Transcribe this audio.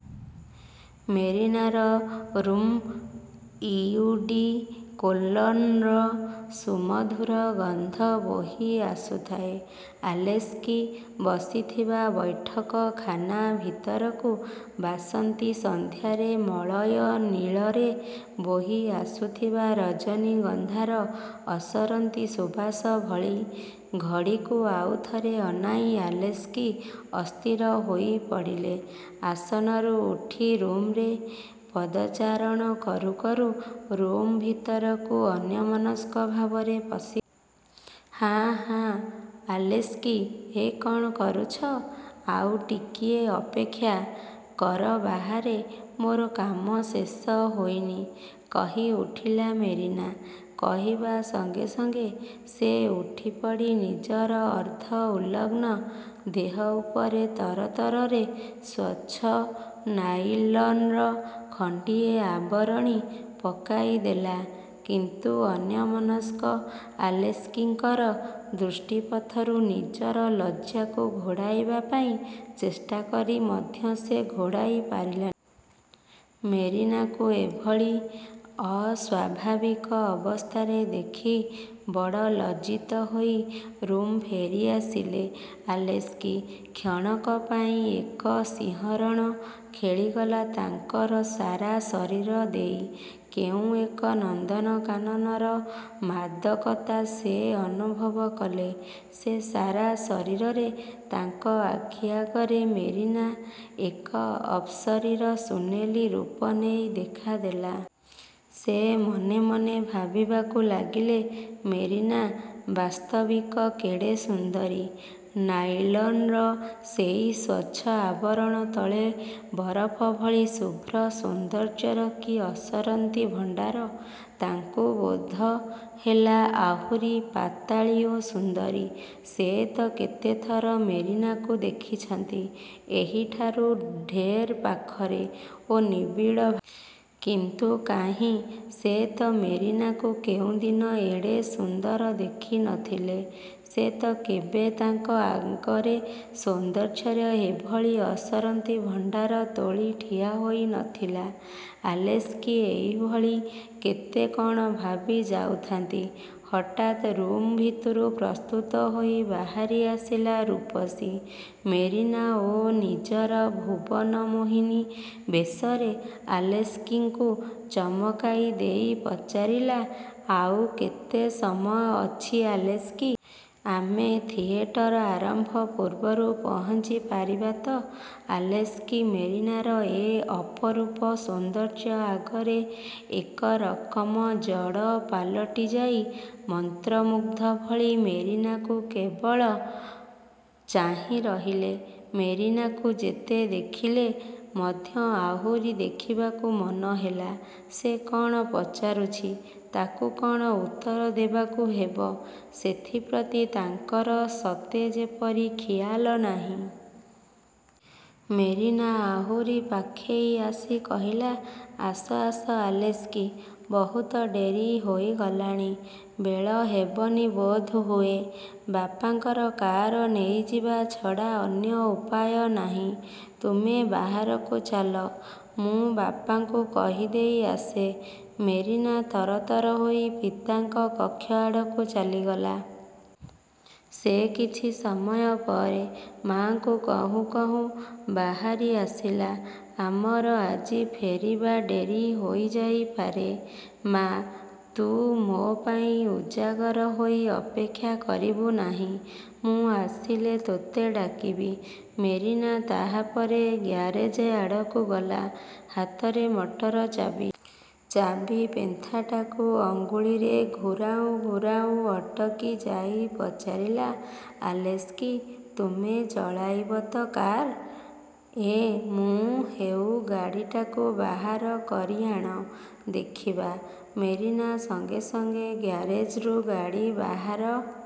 ମେରିନାର ରୁମ୍କୁ ଇଉଡ଼ିକୋଲନ୍ର ସୁମଧୁର ଗନ୍ଧ ବୋହି ଆସୁଥାଏ ଆଲେସ୍କି ବସିଥିବା ବୈଠକଖାନା ଭିତରକୁ–ବାସନ୍ତୀ ସନ୍ଧ୍ୟାରେ ମଳୟନିଳରେ ବୋହିଆସୁଥିବା ରଜନୀଗନ୍ଧାର ଅସରନ୍ତି ସୁବାସ ଭଳି। ଘଡ଼ିକୁ ଆଉ ଥରେ ଅନାଇ ଆଲେସ୍କି ଅସ୍ଥିର ହୋଇପଡ଼ିଲେ। ଆସନରୁ ଉଠି ରୁମ୍ରେ ପଦଚାରଣ କରୁ କରୁ ରୁମ୍ ଭିତରକୁ ଅନ୍ୟମନସ୍କ ଭାବରେ ପଶିଗଲେ। ''ହାଁ, ହାଁ, ଆଲେସ୍କି, ଏ କ'ଣ କରୁଛ? ଆଉ ଟିକିଏ ଅପେକ୍ଷା। କର ବାହାରେ। ମୋର କାମ ଶେଷ ହୋଇନି''–କହିଉଠିଲା ମେରିନା। କହିବା ସଙ୍ଗେ ସଙ୍ଗେ ସେ ଉଠିପଡ଼ି ନିଜର ଅର୍ଦ୍ଧ-ଉଲଗ୍ନ ଦେହ ଉପରେ ତରତରରେ ସ୍ୱଚ୍ଛ ନାଇଲନ୍ର ଖଣ୍ଡିଏ ଆବରଣୀ ପକାଇଦେଲା। କିନ୍ତୁ ଅନ୍ୟମନସ୍କ ଆଲେସ୍କିଙ୍କର ଦୃଷ୍ଟିପଥରୁ ନିଜର ଲଜ୍ଜାକୁ ଘୋଡ଼ାଇବା ପାଇଁ ଚେଷ୍ଟାକରି ମଧ୍ୟ ସେ ଘୋଡ଼ାଇ ପାରିଲାନି। ମେରିନାକୁ ଏଭଳି ଅସ୍ୱାଭାବିକ ଅବସ୍ଥାରେ ଦେଖି ବଡ଼ ଲଜ୍ଜିତ ହୋଇ ରୁମ୍କୁ ଫେରିଆସିଲେ ଆଲେସ୍କି। କ୍ଷଣକ ପାଇଁ ଏକ ଶିହରଣ ଖେଳିଗଲା ତାଙ୍କର ସାରା ଶରୀର ଦେଇ-। କେଉଁ ଏକ ନନ୍ଦନକାନନର ମାଦକତା ସେ ଅନୁଭବ କଲେ ସେ ସାରା ଶରୀରରେ। ତାଙ୍କ ଆଖିଆଗରେ ମେରିନା ଏକ ଅପ୍ସରୀର ସୁନେଲି ରୂପ ନେଇ ଦେଖା ଦେଲା। ସେ ମନେ ମନେ ଭାବିବାକୁ ଲାଗିଲେ–ମେରିନା ବାସ୍ତବିକ କେଡ଼େ ସୁନ୍ଦରୀ? ନାଇଲନ୍ର ସେଇ ସ୍ୱଚ୍ଛ ଆବରଣ ତଳେ ବରଫ ଭଳି ଶୁଭ୍ର ସୌନ୍ଦର୍ଯ୍ୟର କି ଅସରନ୍ତି ଭଣ୍ଡାର! ତାଙ୍କୁ ବୋଧ ହେଲା ଆହୁରି ପାତଳୀ ଓ ସୁନ୍ଦରୀ। ସେ ତ କେତେ ଥର ମେରିନାକୁ ଦେଖିଛନ୍ତି, ଏହିଠାରୁ ଢେର୍ ପାଖରେ ଓ ନିବିଡ଼ ଭାବରେ। କିନ୍ତୁ କାହିଁ, ସେ ତ ମେରିନାକୁ କେଉଁଦିନ ଏଡ଼େ ସୁନ୍ଦର ଦେଖି ନ ଥିଲେ। ସେ ତ କେବେ ତାଙ୍କ ଆଗରେ ସୌନ୍ଦର୍ଯ୍ୟର ଏଭଳି ଅସରନ୍ତି ଭଣ୍ଡାର ତୋଳି ଠିଆହୋଇ ନ ଥିଲା। ଆଲେସ୍କି ଏହିଭଳି କେତେ କ'ଣ ଭାବି ଯାଉଥାନ୍ତି, ହଠାତ୍ ରୁମ୍ ଭିତରୁ ପ୍ରସ୍ତୁତ ହୋଇ ବାହାରିଆସିଲା ରୂପସୀ ମେରିନା ଓ ନିଜର ଭୁବନମୋହିନୀ ବେଶରେ ଆଲେସ୍କିଙ୍କୁ ଚମକାଇଦେଇ ପଚାରିଲା, ''ଆଉ କେତେ ସମୟ ଅଛି ଆଲେସ୍କି? ଆମେ ଥିଏଟର ଆରମ୍ଭ ପୂର୍ବରୁ ପହଞ୍ଚି ପାରିବା ତ? '' ଆଲେସ୍କି ମେରିନାର ଏ ଅପରୂପ ସୌନ୍ଦର୍ଯ୍ୟ ଆଗରେ ଏକରକମ ଜଡ଼ ପାଲଟିଯାଇ ମନ୍ତ୍ରମୁଗ୍ଧ ଭଳି ମେରିନାକୁ କେବଳ ଚାହିଁ ରହିଲେ। ମେରିନାକୁ ଯେତେ ଦେଖିଲେ ମଧ୍ୟ ଆହୁରି ଦେଖିବାକୁ ମନ ହେଲା। ସେ କ'ଣ ପଚାରୁଛି, ତାକୁ କ'ଣ ଉତ୍ତର ଦେବାକୁ ହେବ, ସେଥିପ୍ରତି ତାଙ୍କର ସତେ ଯେପରି ଖିଆଲ ନାହିଁ। ମେରିନା ଆହୁରି ପାଖେଇ ଆସି କହିଲା, ''ଆସ, ଆସ ଆଲେସ୍କି! ବହୁତ ଡେରି ହୋଇଗଲାଣି, ବେଳ ହେବନି ବୋଧହୁଏ। ବାପାଙ୍କର କାର୍ ନେଇଯିବା ଛଡ଼ା ଅନ୍ୟ ଉପାୟ ନାହିଁ। ତୁମେ ବାହାରକୁ ଚାଲ। ମୁଁ ବାପାଙ୍କୁ କହିଦେଇ ଆସେ। ମେରିନା ତରତର ହୋଇ ପିତାଙ୍କ କକ୍ଷ ଆଡ଼କୁ ଚାଲିଗଲା। ସେ କିଛି ସମୟ ପରେ ମା'ଙ୍କୁ କହୁଁ କହୁଁ ବାହାରିଆସିଲା, ''ଆମର ଆଜି ଫେରିବା ଡେରି ହୋଇଯାଇପାରେ ମା! ତୁ ମୋ ପାଇଁ ଉଜାଗର ହୋଇ ଅପେକ୍ଷା, କରିବୁ ନାହିଁ। ମୁଁ ଆସିଲେ ତୋତେ ଡାକିବି। '' ମେରିନା ତାହାପରେ ଗ୍ୟାରେଜ୍ ଆଡ଼କୁ ଗଲା–ହାତରେ ମଟର ଚାବି। ଚାବିପେନ୍ଥାଟାକୁ ଅଙ୍ଗୁଳିରେ ଘୂରାଉଁ ଘୂରାଉଁ ଅଟକି ଯାଇ ପଚାରିଲା, ''ଆଲେସ୍କି, ତୁମେ ଚଳାଇବ ତ କାର୍? '' ''ଏଁ, ମୁଁ? ହେଉ, ଗାଡ଼ିଟାକୁ ବାହାର କରିଆଣ, ଦେଖିବା। '' ମେରିନା ସଙ୍ଗେ ସଙ୍ଗେ ଗ୍ୟାରେଜ୍ରୁ ଗାଡ଼ି ବାହାର